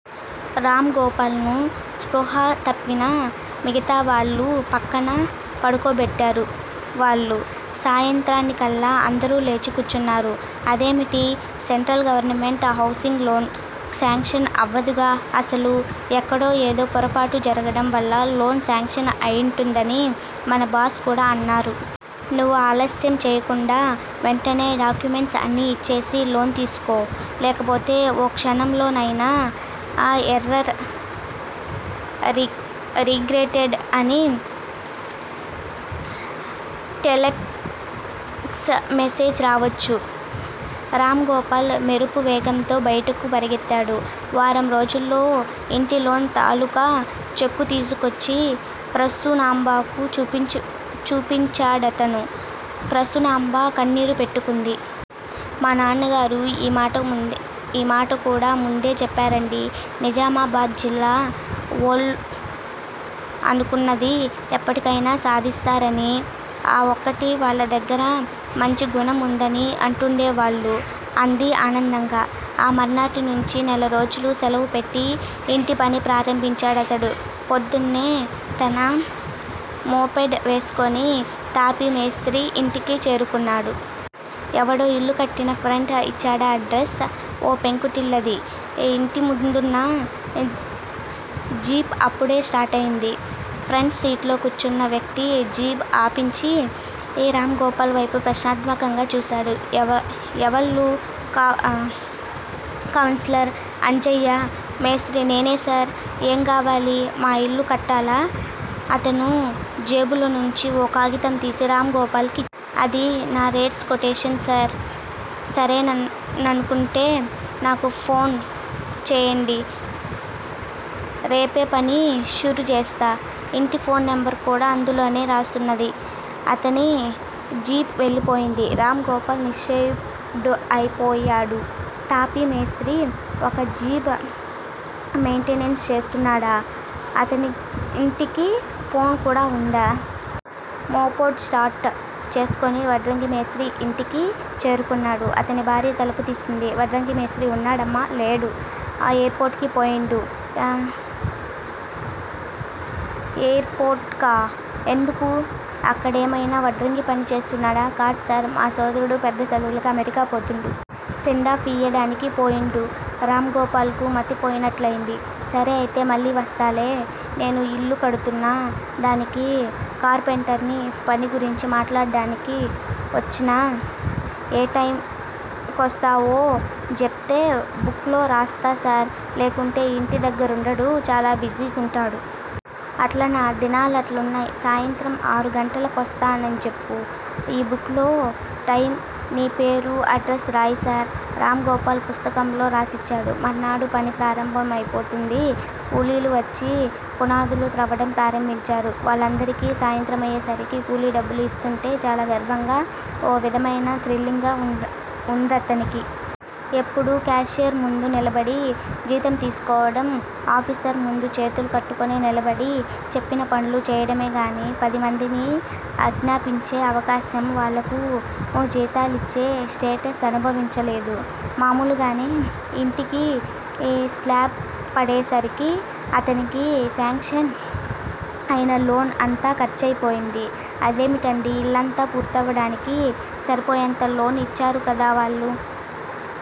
రామ్ గోపాల్ ను స్పృహ తప్పిన మిగతావాళ్ళ పక్కన పడుకోబెట్టారు వాళ్ళు. సాయంత్రానికల్లా అందరూ లేచి కూర్చున్నారు. అదేమిటి? Central government housing loan sanction అవదుగా అసలు? ఎక్కడో ఏదో పొరబాటు జరగడం వల్ల లోన్ శాంక్షన్ అయుంటుందని మన బాస్ కూడా అన్నారు. నువ్వు ఆలస్యం చెయ్యకుండా వెంటనే డాక్యుమెంట్స్ అన్నీ ఇచ్చేసి లోన్ తీసేసుకో. లేకపోతే ఓ క్షణంలోనైనా ఎర్రర్ రిగ్రెటెడ్ అని టెలెక్స్ మెసేజ్ రావచ్చు- రామ్ గోపాల్ మెరుపువేగంతో బయటకు పరుగెత్తాడు. వారంరోజుల్లో ఇంటి లోన్ తాలూకూ చెక్కు తీసుకొచ్చి ప్రసూనాంబకు చూపించాడతను. ప్రసూనాంబ కన్నీరు పెట్టుకుంది. మా నాన్నగారు ఈ మాట కూడా ముందే చెప్పారండీ! నిజామాబాద్ జిల్లా వోళ్ళు అనుకున్నది ఎప్పటికైనా సాధిస్తారని, ఆ ఒక్కటీ వాళ్ళ దగ్గర మంచి గుణం ఉందని అంటూండేవాళ్ళు అంది ఆనందంగా. ఆ మర్నాటినుంచీ నెల రోజులు సెలవుపెట్టి ఇంటి పని ప్రారంభించాడతను. పొద్దున్నే తన మోపెడ్ వేసుకుని తాపీ మేస్త్రీ ఇంటికి చేరుకున్నాడు. ఎవడో ఇల్లు కట్టిన ఫ్రెండ్ ఇచ్చాడా అడ్రస్. ఓ పెంకుటిల్లది. ఇంటి ముందున్న జీప్ అప్పుడే స్టార్టయింది. ఫ్రంట్ సీట్లో కూర్చున్న వ్యక్తి జీప్ ఆపించి, రామ్ గోపాల్ వేపు ప్రశ్నార్థకంగా చూశాడు. ఎవళ్ళు కావాల్సార్? అంజయ్య మేస్త్రి నేనే సార్! ఏం గావాలి? మా ఇల్లు కట్టాల అతను జేబులోనుంచి ఓ కాగితం తీసి రామ్ గోపాల్ కిచ్చాడు. అది నా రేట్స్ కొటేషన్ సార్! సరేననుకుంటే నాకు ఫోన్ జేయండ్రి! రేపే పని షురుజేస్త. ఇంటి ఫోన్ నెంబర్ కూడా అందులోనే రాసున్నది అతని జీప్ వెళ్ళిపోయింది. రామ్ గోపాల్ నిశ్చేష్టుడైపోయాడు. తాపీ మేస్త్రీ ఒక జీప్ మెయింటెయిన్ చేస్తున్నాడా? అతనింటికి ఫోన్ కూడా ఉందా? మోపెడ్ స్టార్ట్ చేసుకుని వడ్రంగి మేస్త్రీ ఇంటికి చేరుకున్నాడు. అతని భార్య తలుపు తీసింది. వడ్రంగి మేస్త్రీ ఉన్నాడామ్మా? లేడు. ఎయిర్ పోర్ట్ కి పోయిండు ఎయిర్ పోర్టుకా? ఎందుకు? అక్కడేమయినా వడ్రంగి పని చేస్తున్నాడా? కాద్సార్! మా పోరడు పెద్ద సదువులకు అమెరికా పోతుండు. సెండాఫ్ ఇయ్యడానికి పోయిండు. రామ్ గోపాల్ కు మతి పోయినట్లయింది. సరే! అయితే మళ్ళీ వస్తాలే. నేను ఇల్లు కడుతున్నా! దానికి కార్పెంటరీ పని గురించి మాట్లాడాని కొచ్చినా ఏ టైమ్ కొస్తవో జెప్తే బుక్ లో రాస్తా సార్! లేకుంటే ఇంటి దగ్గరుండడు. చాలా బిజీగుంటడు. అట్లనా! దినాలట్లున్నయ్, సాయంత్రం ఆరు గంటల కొస్తానన్జెప్పు ఈ బుక్ లో టైమూ, నీ పేరూ అడ్రసూ రాయ్ సార్ రామ్ గోపాల్ పుస్తకంలో రాసిచ్చాడు. మర్నాడు పని ప్రారంభమైపోయింది. కూలీలు వచ్చి పునాదులు త్రవ్వడం ప్రారంభించారు. వాళ్ళందరికీ సాయంత్రమయ్యేసరికి కూలీ డబ్బు ఇస్తోంటే చాలా గర్వంగా, ఓ విధమైన థ్రిల్లింగ్ గా ఉందతనికి. ఎప్పుడూ కాషియర్ ముందు నిలబడి జీతం తీసుకోవడం, ఆఫీసర్ ముందు చేతులు కట్టుకుని నిలబడి చెప్పిన పనులు చేయడమేగానీ, పదిమందిని ఆజ్ఞాపించే అవకాశం, వాళ్ళకు జీతాలిచ్చే స్టేటస్ అనుభవించలేదు. మామూలుగానే ఇంటికి స్లాబ్ పడేసరికి అతనికి శాంక్షన్ అయిన లోన్ అంతా ఖర్చయిపోయింది. అదేమిటండీ! ఇల్లంతా పూర్తవడానికి సరిపోయేంత లోన్ ఇచ్చారు కదా వాళ్ళు?